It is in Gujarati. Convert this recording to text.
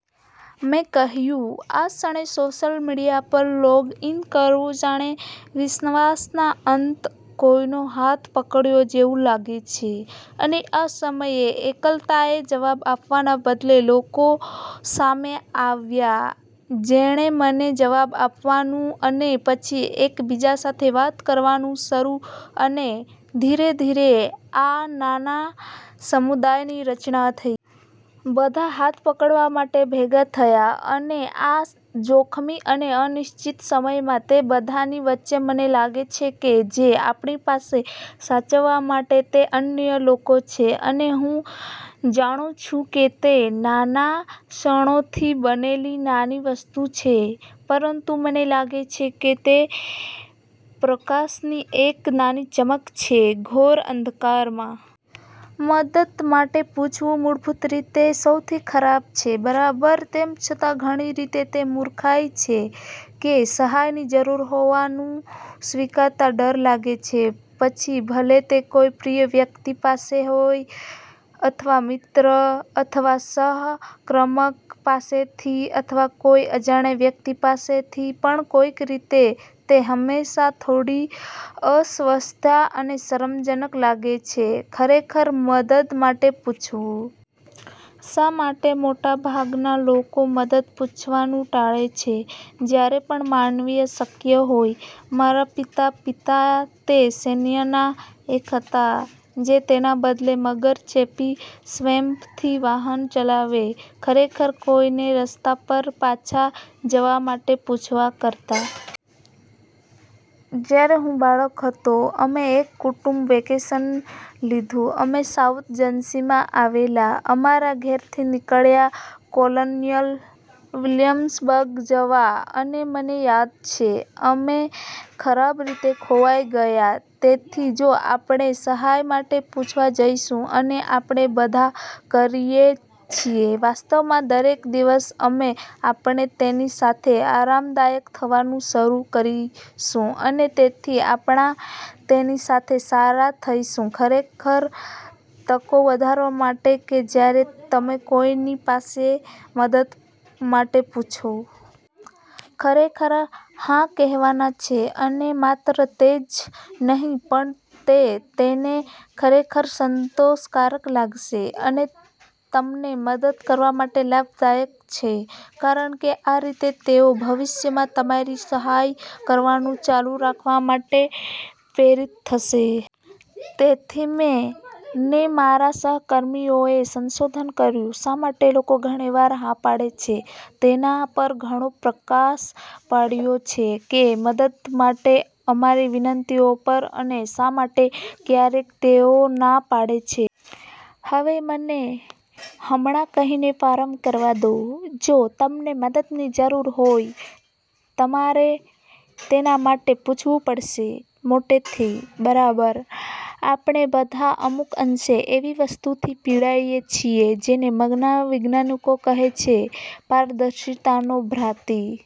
મેં કહ્યું, "આ ક્ષણે સોશિયલ મીડિયા પર લોગ ઇન કરવું જાણે કે વિશ્વના અંતે કોઈનો હાથ પક્ડયાં જેવું લાગે છે" અને આ સમયે એકલતાએ જવાબ આપવાનાં બદલે લોકો સામે આવ્યાં જેણે મને જવાબ આપવાનું અને પછી એકબીજા સાથે વાત કરવાનું શરૂ અને ધીરે ધીરે આ નાના સમુદાયની રચના થઈ. બધા હાથ પકડવા માટે ભેગા થયા. અને આ જોખમી અને અનિશ્ચિત સમયમાં તે બધાની વચ્ચે મને લાગે છે કે જે આપણી પાસે સાચવવા માટે તે અન્ય લોકો છે. અને હું જાણું છું કે તે નાના ક્ષણોથી બનેલી નાની વસ્તુ છે પરંતુ મને લાગે છે કે તે પ્રકાશની એક નાની ચમક છે ઘોર અંધકારમાં. મદદ માટે પૂછવુ મૂળભૂત રીતે સૌથી ખરાબ છે, બરાબર? તેમ છતાં ઘણી રીતે તે મૂર્ખાઇ છે કે સહાયની જરૂર હોવાનું સ્વીકારતા ડર લાગે છે પછી ભલે તે કોઈ પ્રિય વ્યક્તિ પાસેથી હોય અથવા મિત્ર અથવા સહકર્મક પાસેથી અથવા તો કોઈ અજાણી વ્યક્તિ પાસેથી પણ કોઈક રીતે તે હંમેશા થોડી અસ્વસ્થતા અને શરમજનક લાગે છે ખરેખર મદદ માટે પૂછવું. શા માટે મોટાભાગના લોકો મદદ પૂછવાનું ટાળે છે જ્યારે પણ માનવીય શક્ય હોય? મારા પિતા, પિતાના તે સૈન્યમાંના એક હતા જે તેના બદલે મગર-ચેપી સ્વેમ્પથી વાહન ચલાવે ખરેખર કોઈને રસ્તા પર પાછા જવા માટે પૂછવા કરતાં. જ્યારે હું બાળક હતો, અમે એક કુટુંબ વેકેશન લીધું. અમે સાઉથ જર્સીમાં આવેલા અમારા ઘરેથી નીકળ્યા કોલોનિયલ વિલિયમ્સબર્ગ જવા અને મને યાદ છે અમે ખરાબ રીતે ખોવાઈ ગયા. તેથી જો આપણે સહાય માટે પૂછવા જઈશું અને આપણે બધા કરીએ છીએ, વાસ્ત્વમા દરેક દિવસ અમે આપણે તેની સાથે આરામદાયક થવાનું શરૂ કરીશું અને તેથી આપણે તેની સાથે સારા થઈશુ ખરેખર તકો વધારવા માટે કે જ્યારે તમે કોઈની પાસે મદદ માટે પૂછો. તેઓ ખરેખર હા કહેવાના છે. અને માત્ર તે જ નહીં, પણ તે તેને ખરેખર સંતોષકારક લાગશે. અને તમને મદદ કરવા માટે લાભદાયક છે કારણકે આ રીતે, તેઓ ભવિષ્યમાં તમારી સહાય કરવાનું ચાલુ રાખવા માટે પ્રેરિત થશે. તેથી મેં ને મારા સહકર્મીઓએ સંશોધન કર્યું, "શા માટે લોકો ઘણી વાર હા પાડે છે?" તેના પર ઘણો પ્રકાશ પાડ્યો છે કે મદદ માટે અમારી વિનંતીઓ પર અને "શા માટે ક્યારેક તેઓ ના પાડે છે?" હવે મને હમણાં કહીને પ્રારંભ કરવા દો, જો તમને મદદની જરૂર હોય, તમારે તેના માટે પૂછવું પડશે. મોટેથી. બરાબર? આપણે બધા અમુક અંશે એવી વસ્તુથી પીડાઇએ છીએ જેને મનોવૈજ્ઞાનિકો કહે છે "પારદર્શિતાનો ભ્રાંતિ".